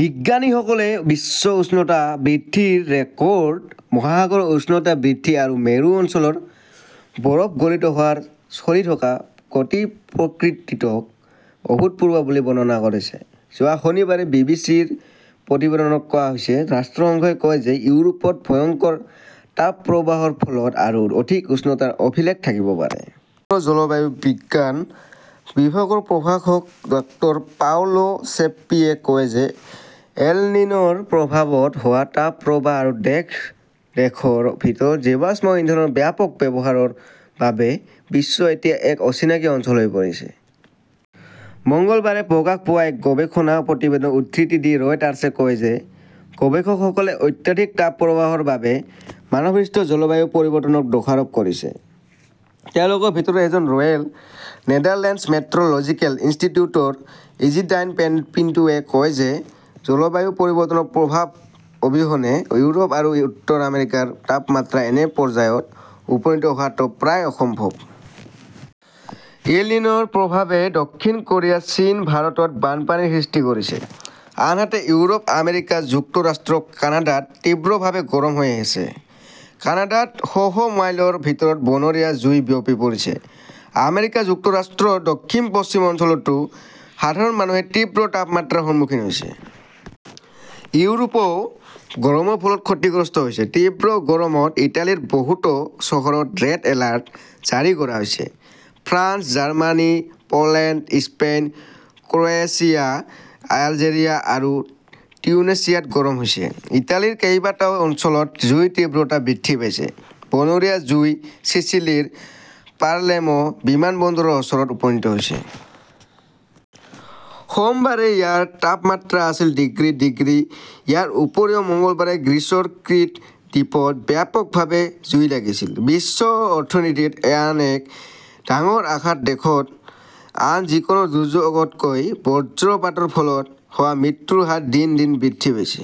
বিজ্ঞানীসকলে বিশ্ব উষ্ণতা বৃদ্ধিৰ ৰেকৰ্ড, মহাসাগৰৰ উষ্ণতা বৃদ্ধি আৰু মেৰু অঞ্চলৰ বৰফ গলিত হোৱাৰ চলি থকা গতি-প্ৰকৃতিটোক "অভূতপূৰ্ব" বুলি বৰ্ণনা কৰিছে, যোৱা শনিবাৰে বি. বি. চি. -ৰ প্ৰতিবেদনত কোৱা হৈছে। ৰাষ্ট্ৰসংঘই কয় যে ইউৰোপত ভয়ংকৰ তাপপ্ৰবাহৰ ফলত আৰু অধিক উষ্ণতাৰ অভিলেখ থাকিব পাৰে। ইম্পেৰিয়েল কলেজ লণ্ডনৰ জলবায়ু বিজ্ঞান বিভাগৰ প্ৰভাষক ডাঃ পাওলো ছেপ্পিয়ে কয় যে এল নিন "ৰ প্ৰভাৱত হোৱা তাপপ্ৰবাহ আৰু দেশ-দেশৰ ভিতৰত জীৱাশ্ম ইন্ধনৰ ব্যাপক ব্যৱহাৰৰ বাবে 'বিশ্ব এতিয়া এক অচিনাকি অঞ্চল হৈ পৰিছে"। মঙলবাৰে প্ৰকাশ পোৱা এক গৱেষণা প্ৰতিবেদনৰ উদ্ধৃতি দি ৰয়টাৰ্ছে কয় যে গৱেষকসকলে অত্যাধিক তাপপ্ৰবাহৰ বাবে মানৱসৃষ্ট জলবায়ু পৰিৱৰ্তনক দোষাৰোপ কৰিছে। তেওঁলোকৰ ভিতৰত এজন ৰয়েল নেদাৰলেণ্ডছ মেট্ৰ "লজিকেল ইনষ্টিটিউটৰ ইজিদাইন পিন্টোৱে কয় যে জলবায়ু পৰিৱৰ্তনৰ প্ৰভাৱ অবিহনে ইউৰোপ আৰু উত্তৰ আমেৰিকাৰ তাপমাত্ৰা এনে পৰ্যায়ত উপনীত হোৱাটো প্ৰায় অসম্ভৱ। এল নিন "ৰ প্ৰভাৱে দক্ষিণ কোৰিয়া, চীন, ভাৰতত বানপানীৰ সৃষ্টি কৰিছে। আনহাতে, ইউৰোপ, আমেৰিকা যুক্তৰাষ্ট্ৰ, কানাডাত তীব্ৰভাৱে গৰম হৈ আছে। কানাডাত শ শ মাইলৰ ভিতৰত বনৰীয়া জুই বিয়পি পৰিছে। আমেৰিকা যুক্তৰাষ্ট্ৰৰ দক্ষিণ-পশ্চিম অঞ্চলতো সাধাৰণ মানুহে তীব্ৰ তাপমাত্ৰাৰ সন্মুখীন হৈছে। ইউৰোপও গৰমৰ ফলত ক্ষতিগ্ৰস্ত হৈছে। তীব্ৰ গৰমত ইটালীৰ বহুতো চহৰত ৰেড এলাৰ্ট জাৰি কৰা হৈছে। France, Germany, Poland, Spain, Croatia, Algeria আৰু টিউনিছিয়াত গৰম হৈছে। ইটালীৰ কেইবাটাও অঞ্চলত জুইৰ তীব্ৰতা বৃদ্ধি পাইছে। বনৰীয়া জুই চিচিলিৰ পালেৰ্মো বিমানবন্দৰৰ ওচৰত উপনীত হৈছে। সোমবাৰে ইয়াৰ তাপমাত্ৰা আছিল ডিগ্ৰী ডিগ্ৰী। ইয়াৰ উপৰিও মঙলবাৰে গ্ৰীচৰ ক্ৰিট দ্বীপত ব্যাপকভাৱে জুই লাগিছিল। বিশ্ব অৰ্থনীতিত আন এক ডাঙৰ আঘাত দেশত আন যিকোনো দুৰ্যোগতকৈ বজ্ৰপাতৰ ফলত হোৱা মৃত্যুৰ হাৰ দিন দিন বৃদ্ধি পাইছে।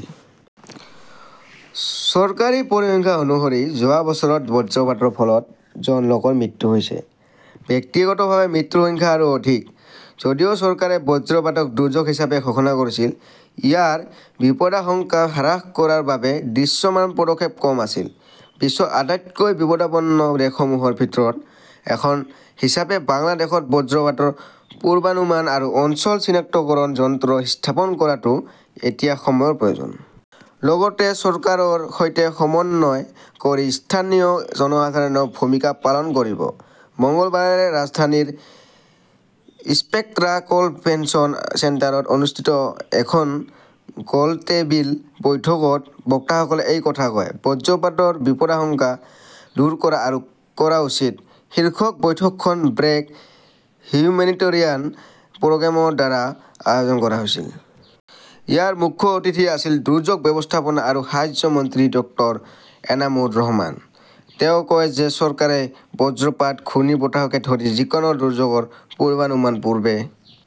চৰকাৰী পৰিসংখ্যা অনুসৰি যোৱা বছৰত বজ্ৰপাতৰ ফলত জন লোকৰ মৃত্যু হৈছে। ব্যক্তিগতভাৱে মৃত্যুৰ সংখ্যা আৰু অধিক। যদিও চৰকাৰে বজ্ৰপাতক দুৰ্যোগ হিচাপে ঘোষণা কৰিছিল, ইয়াৰ বিপদাশংকা হ্ৰাস কৰাৰ বাবে দৃশ্যমান পদক্ষেপ কম আছিল। বিশ্বৰ আটাইতকৈ বিপদাপন্ন দেশসমূহৰ ভিতৰত এখন হিচাপে বাংলাদেশত বজ্ৰপাতৰ পূৰ্বানুমান আৰু অঞ্চল চিনাক্তকৰণ যন্ত্ৰ স্থাপন কৰাটো এতিয়া সময়ৰ প্ৰয়োজন। লগতে চৰকাৰৰ সৈতে সমন্বয় কৰি স্থানীয় জনসাধাৰণেও ভূমিকা পালন কৰিব লাগিব। মঙলবাৰে ৰাজধানীৰ স্পেক্ট্ৰা কনভেনচন চেণ্টাৰত অনুষ্ঠিত এখন গোলটেবিল বৈঠকত বক্তাসকলে এই কথা কয়। 'বজ্ৰপাতৰ বিপদাশংকা দূৰ কৰা আৰু কৰা উচিত "শীৰ্ষক বৈঠকখন ব্ৰেক হিউমেনিটৰিয়ান প্ৰগ্ৰেমৰ দ্বাৰা আয়োজন কৰা হৈছিল। ইয়াৰ মুখ্য অতিথি আছিল দুৰ্যোগ ব্যৱস্থাপনা আৰু সাহায্য মন্ত্ৰী ড। এনামুৰ ৰহমান। তেওঁ কয় যে চৰকাৰে বজ্ৰপাত, ঘূৰ্ণীবতাহকে ধৰি যিকোনো দুৰ্যোগৰ পূৰ্বানুমান পূৰ্বে